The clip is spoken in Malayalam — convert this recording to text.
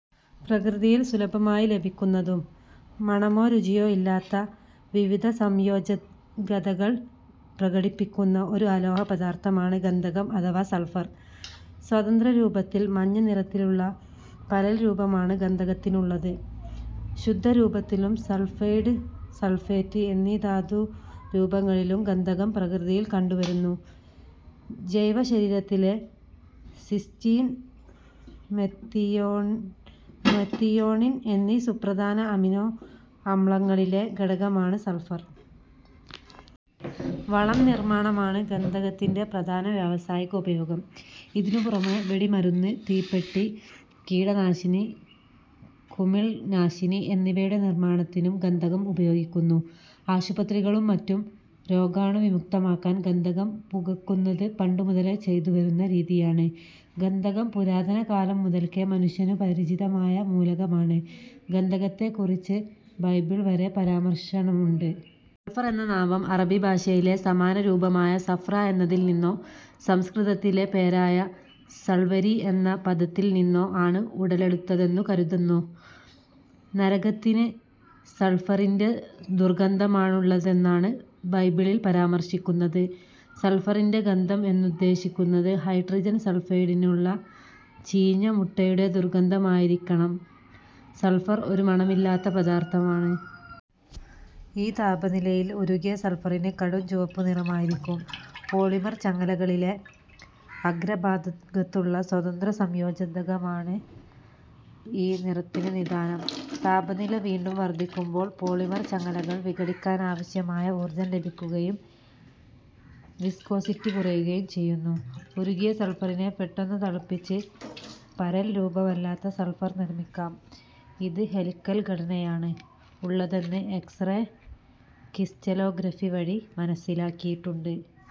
പ്രകൃതിയിൽ സുലഭമായി ലഭിക്കുന്നതും മണമോ രുചിയോ ഇല്ലാത്ത വിവിധ സംയോജകതകൾ പ്രകടിപ്പിക്കുന്ന ഒരു അലോഹ പദാർത്ഥമാണ് ഗന്ധകം അഥവാ സൾഫർ. സ്വതന്ത്രരൂപത്തിൽ മഞ്ഞ നിറത്തിലുള്ള പരൽരൂപമാണ് ഗന്ധകത്തിനുള്ളത്. ശുദ്ധരൂപത്തിലും, സൾഫൈഡ്, സൾഫേറ്റ് എന്നീ ധാതുരൂപങ്ങളിലും ഗന്ധകം പ്രകൃതിയിൽ കണ്ടുവരുന്നു. ജൈവശരീരത്തിലെ സിസ്റ്റീൻ, മെത്തിയോണിൻ എന്നീ സുപ്രധാന അമിനോ അമ്ലങ്ങളിലെ ഘടകമാണ് സൾഫർ. വളം നിർമ്മാണമാണ് ഗന്ധകത്തിന്റെ പ്രധാന വ്യാവസായിക ഉപയോഗം. ഇതിനു പുറമേ വെടിമരുന്ന്, തീപ്പെട്ടി, കീടനാശിനി, കുമിൾനാശിനി എന്നിവയുടെ നിർമ്മാണത്തിനും ഗന്ധകം ഉപയോഗിക്കുന്നു. ആശുപത്രികളും മറ്റും രോഗാണുവിമുക്തമാക്കാൻ ഗന്ധകം പുകക്കുന്നത് പണ്ടു മുതലേ ചെയ്തു വരുന്ന രീതിയാണ്. ഗന്ധകം പുരാതനകാലം മുതൽക്കേ മനുഷ്യനു പരിചിതമായ മൂലകമാണ്. ഗന്ധകത്തെക്കുറിച്ച് ബൈബിളിൽ വരെ പരാമർശമുണ്ട്. സൾഫർ എന്ന നാമം അറബി ഭാഷയിലെ സമാനരൂപമായ സഫ്ര എന്നതിൽ നിന്നോ സംസ്കൃതത്തിലെ പേരായ സൾവരി എന്ന പദത്തിൽ നിന്നോ ആണ് ഉടലെടുത്തതെന്നു കരുതുന്നു. നരകത്തിന് സൾഫറിന്റെ ദുർഗന്ധമാണുള്ളതെന്നാണ് ബൈബിളിൽ പരാമർശിക്കുന്നത്. സൾഫറിന്റെ ഗന്ധം എന്നുദ്ദേശിക്കുന്നത് ഹൈഡ്രജൻ സൾഫൈഡിനുള്ള ചീഞ്ഞ മുട്ടയുടെ ദുർഗന്ധമായിരിക്കണം, സൾഫർ ഒരു മണമില്ലാത്ത പദാർത്ഥമാണ്. ഈ താപനിലയിൽ ഉരുകിയ സൾഫറിന് കടും ചുവപ്പുനിറമായിരിക്കും. പോളിമർ ചങ്ങലകളിലെ അഗ്രഭാഗത്തുള്ള സ്വതന്ത്ര സംയോജകതയാണ് ഈ നിറത്തിന് നിദാനം. താപനില വീണ്ടും വർദ്ധിക്കുമ്പോൾ പോളിമർ ചങ്ങലകൾ വിഘടിക്കാനാവശ്യമായ ഊർജ്ജം ലഭിക്കുകയും വിസ്കോസിറ്റി കുറയുകയും ചെയ്യുന്നു. ഉരുകിയ സൾഫറിനെ പെട്ടെന്ന് തണുപ്പിച്ച് പരൽരൂപമില്ലാത്ത സൾഫർ നിർമ്മിക്കാം. ഇതിന് ഹെലിക്കൽ ഘടനയാണ് ഉള്ളതെന്ന് എക്സ്-റേ ക്രിസ്റ്റലോഗ്രഫി വഴി മനസ്സിലാക്കിയിട്ടുണ്ട്.